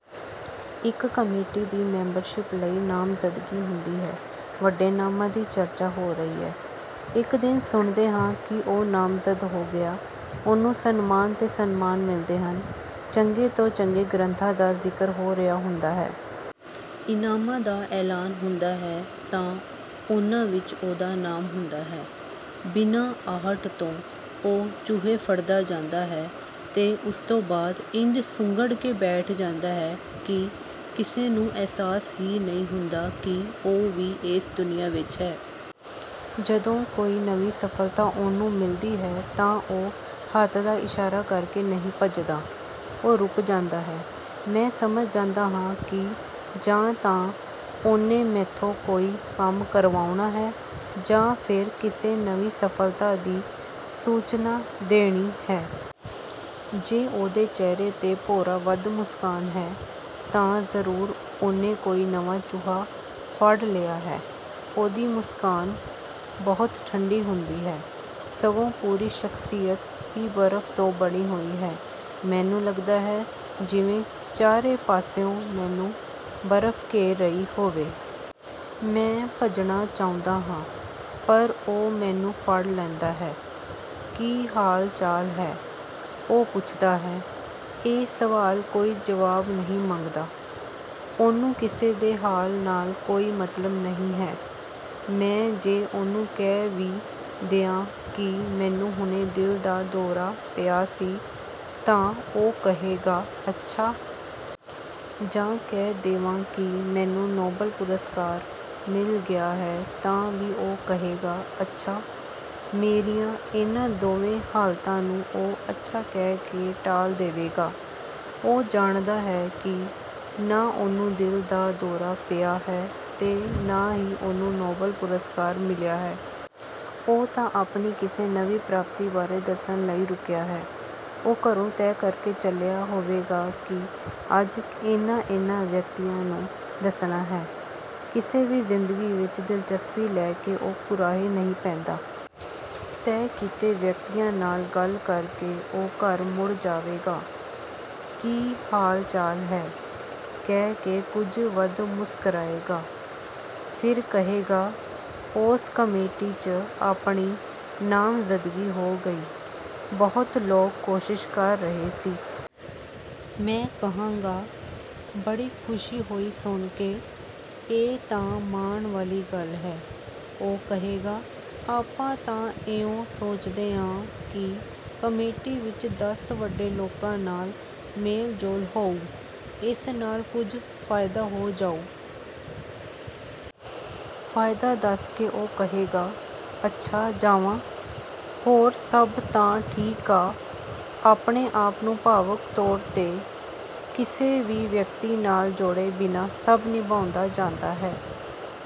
ਇੱਕ ਕਮੇਟੀ ਦੀ ਮੈਂਬਰਸ਼ਿਪ ਲਈ ਨਾਮਜ਼ਦਗੀ ਹੁੰਦੀ ਹੈ। ਵੱਡੇ ਨਾਮਾਂ ਦੀ ਚਰਚਾ ਹੋ ਰਹੀ ਹੈ। ਇੱਕ ਦਿਨ ਸੁਣਦੇ ਹਾਂ ਕਿ ਉਹ ਨਾਮਜ਼ਦ ਹੋ ਗਿਆ। ਉਹਨੂੰ ਸਨਮਾਨ 'ਤੇ ਸਨਮਾਨ ਮਿਲਦੇ ਹਨ। ਚੰਗੇ ਤੋਂ ਚੰਗੇ ਗ੍ਰੰਥਾਂ ਦਾ ਜ਼ਿਕਰ ਹੋ ਰਿਹਾ ਹੁੰਦਾ ਹੈ। ਇਨਾਮਾਂ ਦਾ ਐਲਾਨ ਹੁੰਦਾ ਹੈ ਤਾਂ ਉਹਨਾਂ ਵਿੱਚ ਉਹਦਾ ਨਾਮ ਹੁੰਦਾ ਹੈ। ਬਿਨਾਂ ਆਹਟ ਤੋਂ ਉਹ ਚੂਹੇ ਫੜਦਾ ਜਾਂਦਾ ਹੈ ਤੇ ਉਸਤੋਂ ਬਾਅਦ ਇੰਝ ਸੁੰਗੜ ਕੇ ਬੈਠ ਜਾਂਦਾ ਹੈ ਕਿ ਕਿਸੇ ਨੂੰ ਅਹਿਸਾਸ ਹੀ ਨਹੀਂ ਹੁੰਦਾ ਕਿ ਉਹ ਵੀ ਇਸ ਦੁਨੀਆਂ ਵਿੱਚ ਹੈ। ਜਦੋਂ ਕੋਈ ਨਵੀਂ ਸਫਲਤਾ ਉਹਨੂੰ ਮਿਲਦੀ ਹੈ ਤਾਂ ਉਹ ਹੱਥ ਦਾ ਇਸ਼ਾਰਾ ਕਰਕੇ ਨਹੀਂ ਭੱਜਦਾ। ਉਹ ਰੁਕ ਜਾਂਦਾ ਹੈ। ਮੈਂ ਸਮਝ ਜਾਂਦਾ ਹਾਂ ਕਿ ਜਾਂ ਤਾਂ ਉਹਨੇ ਮੈਥੋਂ ਕੋਈ ਕੰਮ ਕਰਵਾਉਣਾ ਹੈ ਜਾਂ ਫਿਰ ਕਿਸੇ ਨਵੀਂ ਸਫਲਤਾ ਦੀ ਸੂਚਨਾ ਦੇਣੀ ਹੈ। ਜੇ ਉਹਦੇ ਚਿਹਰੇ 'ਤੇ ਭੋਰਾ ਵੱਧ ਮੁਸਕਾਨ ਹੈ ਤਾਂ ਜ਼ਰੂਰ ਉਹਨੇ ਕੋਈ ਨਵਾਂ ਚੂਹਾ ਫੜ ਲਿਆ ਹੈ। ਉਹਦੀ ਮੁਸਕਾਨ ਬਹੁਤ ਠੰਢੀ ਹੁੰਦੀ ਹੈ। ਸਗੋਂ ਪੂਰੀ ਸ਼ਖਸੀਅਤ ਹੀ ਬਰਫ ਤੋਂ ਬਣੀ ਹੋਈ ਹੈ। ਮੈਨੂੰ ਲੱਗਦਾ ਹੈ ਜਿਵੇਂ ਚਾਰੇ ਪਾਸਿਓਂ ਮੈਨੂੰ ਬਰਫ ਘੇਰ ਰਹੀ ਹੋਵੇ। ਮੈਂ ਭੱਜਣਾ ਚਾਹੁੰਦਾ ਹਾਂ, ਪਰ ਉਹ ਮੈਨੂੰ ਫੜ ਲੈਂਦਾ ਹੈ। "ਕੀ ਹਾਲ-ਚਾਲ ਹੈ?" ਉਹ ਪੁੱਛਦਾ ਹੈ। ਇਹ ਸਵਾਲ ਕੋਈ ਜਵਾਬ ਨਹੀਂ ਮੰਗਦਾ। ਉਹਨੂੰ ਕਿਸੇ ਦੇ ਹਾਲ ਨਾਲ ਕੋਈ ਮਤਲਬ ਨਹੀਂ ਹੈ। ਮੈਂ ਜੇ ਉਹਨੂੰ ਕਹਿ ਵੀ ਦਿਆਂ ਕਿ ਮੈਨੂੰ ਹੁਣੇ ਦਿਲ ਦਾ ਦੌਰਾ ਪਿਆ ਸੀ, ਤਾਂ ਉਹ ਕਹੇਗਾ, "ਅੱਛਾ।" ਜਾਂ ਕਹਿ ਦੇਵਾਂ ਕਿ ਮੈਨੂੰ ਨੋਬਲ ਪੁਰਸਕਾਰ ਮਿਲ ਗਿਆ ਹੈ ਤਾਂ ਵੀ ਉਹ ਕਹੇਗਾ, "ਅੱਛਾ।" ਮੇਰੀਆਂ ਇਹਨਾਂ ਦੋਵੇਂ ਹਾਲਤਾਂ ਨੂੰ ਉਹ 'ਅੱਛਾ' ਕਹਿ ਕੇ ਟਾਲ ਦੇਵੇਗਾ। ਉਹ ਜਾਣਦਾ ਹੈ ਕਿ ਨਾ ਉਹਨੂੰ ਦਿਲ ਦਾ ਦੌਰਾ ਪਿਆ ਹੈ ਤੇ ਨਾ ਹੀ ਉਹਨੂੰ ਨੋਬਲ ਪੁਰਸਕਾਰ ਮਿਲਿਆ ਹੈ। ਉਹ ਤਾਂ ਆਪਣੀ ਕਿਸੇ ਨਵੀਂ ਪ੍ਰਾਪਤੀ ਬਾਰੇ ਦੱਸਣ ਲਈ ਰੁਕਿਆ ਹੈ। ਉਹ ਘਰੋਂ ਤੈਅ ਕਰਕੇ ਚੱਲਿਆ ਹੋਵੇਗਾ ਕਿ ਅੱਜ ਇਹਨਾਂ-ਇਹਨਾਂ ਵਿਅਕਤੀਆਂ ਨੂੰ ਦੱਸਣਾ ਹੈ। ਕਿਸੇ ਦੀ ਜ਼ਿੰਦਗੀ ਵਿੱਚ ਦਿਲਚਸਪੀ ਲੈ ਕੇ ਉਹ ਕੁਰਾਹੇ ਨਹੀਂ ਪੈਂਦਾ। ਤੈਅ ਕੀਤੇ ਵਿਅਕਤੀਆਂ ਨਾਲ ਗੱਲ ਕਰਕੇ ਉਹ ਘਰ ਮੁੜ ਜਾਵੇਗਾ। "ਕੀ ਹਾਲ-ਚਾਲ ਹੈ?" ਕਹਿ ਕੇ ਕੁਝ ਵੱਧ ਮੁਸਕਰਾਏਗਾ। ਫਿਰ ਕਹੇਗਾ, "ਉਸ ਕਮੇਟੀ 'ਚ ਆਪਣੀ ਨਾਮਜ਼ਦਗੀ ਹੋ ਗਈ। ਬਹੁਤ ਲੋਕ ਕੋਸ਼ਿਸ਼ ਕਰ ਰਹੇ ਸੀ।" ਮੈਂ ਕਹਾਂਗਾ, "ਬੜੀ ਖੁਸ਼ੀ ਹੋਈ ਸੁਣ ਕੇ। ਇਹ ਤਾਂ ਮਾਣ ਵਾਲੀ ਗੱਲ ਹੈ।" ਉਹ ਕਹੇਗਾ, "ਆਪਾਂ ਤਾਂ ਇਉਂ ਸੋਚਦੇ ਆਂ ਕਿ ਕਮੇਟੀ ਵਿੱਚ ਦਸ ਵੱਡੇ ਲੋਕਾਂ ਨਾਲ ਮੇਲ-ਜੋਲ ਹੋਊ। ਇਸ ਨਾਲ ਕੁਝ ਫਾਇਦਾ ਹੋ ਜਾਊ।" ਫਾਇਦਾ ਦੱਸ ਕੇ ਉਹ ਕਹੇਗਾ, "ਅੱਛਾ ਜਾਵਾਂ? ਹੋਰ ਸਭ ਤਾਂ ਠੀਕ ਆ?" ਆਪਣੇ ਆਪ ਨੂੰ ਭਾਵੁਕ ਤੌਰ 'ਤੇ ਕਿਸੇ ਵੀ ਵਿਅਕਤੀ ਨਾਲ ਜੋੜੇ ਬਿਨਾਂ ਸਭ ਨਿਭਾਉਂਦਾ ਜਾਂਦਾ ਹੈ।